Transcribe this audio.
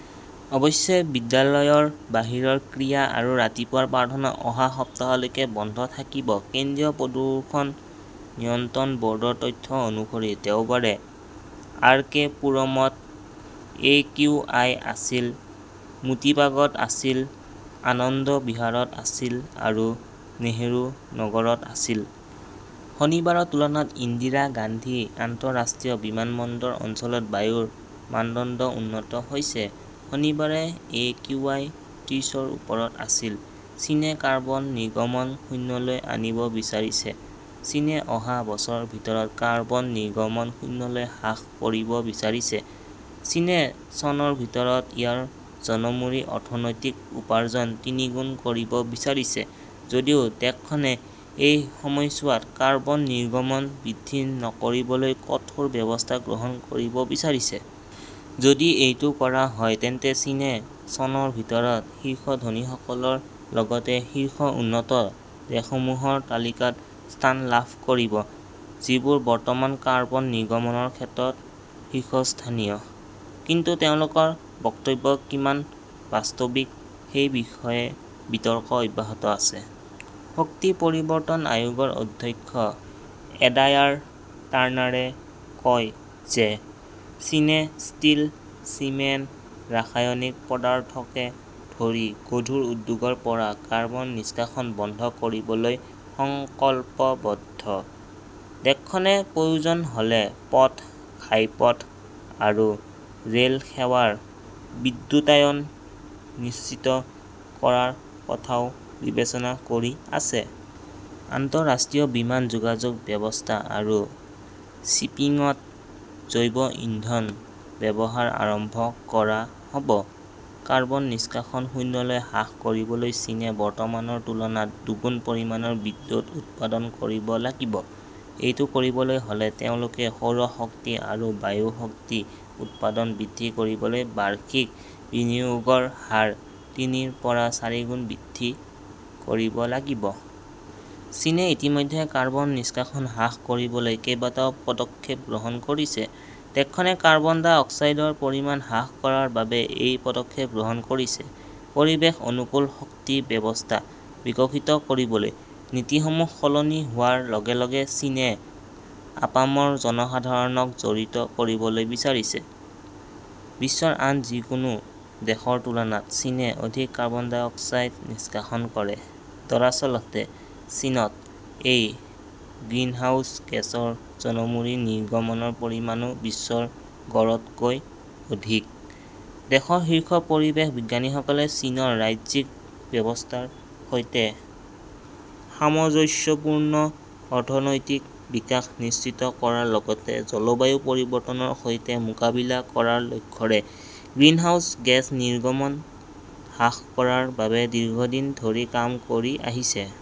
অৱশ্যে বিদ্যালয়ৰ বাহিৰৰ ক্ৰীড়া আৰু ৰাতিপুৱাৰ প্ৰাৰ্থনা অহা সপ্তাহলৈকে বন্ধ থাকিব। কেন্দ্ৰীয় প্ৰদূষণ নিয়ন্ত্ৰণ বৰ্ডৰ তথ্য অনুসৰি, দেওবাৰে আৰ. কে. পুৰমত একিউ. আই. আছিল, মোটিবাগত আছিল, আনন্দ বিহাৰত আছিল আৰু নেহৰু নগৰত আছিল। শনিবাৰৰ তুলনাত ইন্দিৰা গান্ধী আন্তঃৰাষ্ট্ৰীয় বিমানবন্দৰ অঞ্চলত বায়ুৰ মানদণ্ড উন্নত হৈছে। শনিবাৰে একিউআই ত্ৰিশৰ ওপৰত আছিল। চীনে কাৰ্বন নিৰ্গমন শূন্যলৈ আনিব বিচাৰিছে চীনে অহা বছৰৰ ভিতৰত কাৰ্বন নিৰ্গমন শূন্যলৈ হ্ৰাস কৰিব বিচাৰিছে। চীনে চনৰ ভিতৰত ইয়াৰ জনমূৰি অৰ্থনৈতিক উপাৰ্জন তিনিগুণ কৰিব বিচাৰিছে যদিও দেশখনে এই সময়ছোৱাত কাৰ্বন নিৰ্গমন বৃদ্ধি নকৰিবলৈ কঠোৰ ব্যৱস্থা গ্ৰহণ কৰিব বিচাৰিছে। যদি এইটো কৰা হয়, তেন্তে চীনে চনৰ ভিতৰত শীৰ্ষ ধনীসকলৰ লগতে শীৰ্ষ উন্নত দেশসমূহৰ তালিকাত স্থান লাভ কৰিব, যিবোৰ বৰ্তমান কাৰ্বন নিৰ্গমনৰ ক্ষেত্ৰত শীৰ্ষস্থানীয়। কিন্তু তেওঁলোকৰ বক্তব্য কিমান বাস্তৱিক সেই বিষয়ে বিতৰ্ক অব্যাহত আছে। শক্তি পৰিৱৰ্তন আয়োগৰ অধ্যক্ষ এডায়াৰ টাৰ্নাৰে কয় যে চীনে ষ্টীল, চিমেণ্ট, ৰাসায়নিক পদাৰ্থকে ধৰি গধুৰ উদ্যোগৰ পৰা কাৰ্বন নিষ্কাশন বন্ধ কৰিবলৈ সংকল্পবদ্ধ। দেশখনে প্ৰয়োজন হ'লে পথ, ঘাইপথ আৰু ৰে'ল সেৱাৰ বিদ্যুতায়ন নিশ্চিত কৰাৰ কথাও বিবেচনা কৰি আছে। আন্তঃৰাষ্ট্ৰীয় বিমান যোগাযোগ ব্যৱস্থা আৰু শ্বিপিংত জৈৱ ইন্ধন ব্যৱস্থা আৰম্ভ কৰা হ'ব। কাৰ্বন নিষ্কাশন শূন্যলৈ হ্ৰাস কৰিবলৈ চীনে বৰ্তমানৰ তুলনাত দুগুণ পৰিমাণৰ বিদ্যুৎ উৎপাদন কৰিব লাগিব। এইটো কৰিবলৈ হ'লে তেওঁলোকে সৌৰ শক্তি আৰু বায়ু শক্তি উৎপাদন বৃদ্ধি কৰিবলৈ বাৰ্ষিক বিনিয়োগৰ হাৰ তিনিৰ পৰা চাৰিগুণ বৃদ্ধি কৰিব লাগিব। চীনে ইতিমধ্যে কাৰ্বন নিষ্কাশন হ্ৰাস কৰিবলৈ কেইবাটাও পদক্ষেপ গ্ৰহণ কৰিছে। দেশখনে কাৰ্বন ডাই অক্সাইডৰ পৰিমাণ হ্ৰাস কৰাৰ বাবে এই পদক্ষেপ গ্ৰহণ কৰিছে। পৰিৱেশ-অনুকূল শক্তি ব্যৱস্থা বিকশিত কৰিবলৈ নীতিসমূহ সলনি হোৱাৰ লগে লগে চীনে আপামৰ জনসাধাৰণক জড়িত কৰিবলৈ বিচাৰিছে। বিশ্বৰ আন যিকোনো দেশৰ তুলনাত চীনে অধিক কাৰ্বন ডাই অক্সাইড নিষ্কাশন কৰে। দৰাচলতে, চীনত এই গ্ৰিনহাউজ গেছৰ জনমূৰি নিৰ্গমনৰ পৰিমাণও বিশ্বৰ গড়তকৈ অধিক। দেশৰ শীৰ্ষ পৰিৱেশ বিজ্ঞানীসকলে চীনৰ ৰাজ্যিক ব্যৱস্থাৰ সৈতে সামঞ্জস্যপূৰ্ণ অৰ্থনৈতিক বিকাশ নিশ্চিত কৰাৰ লগতে জলবায়ু পৰিৱৰ্তনৰ সৈতে মোকাবিলা কৰাৰ লক্ষ্যৰে গ্ৰিনহাউজ গেছ নিৰ্গমন হ্ৰাস কৰাৰ বাবে দীৰ্ঘদিন ধৰি কাম কৰি আহিছে।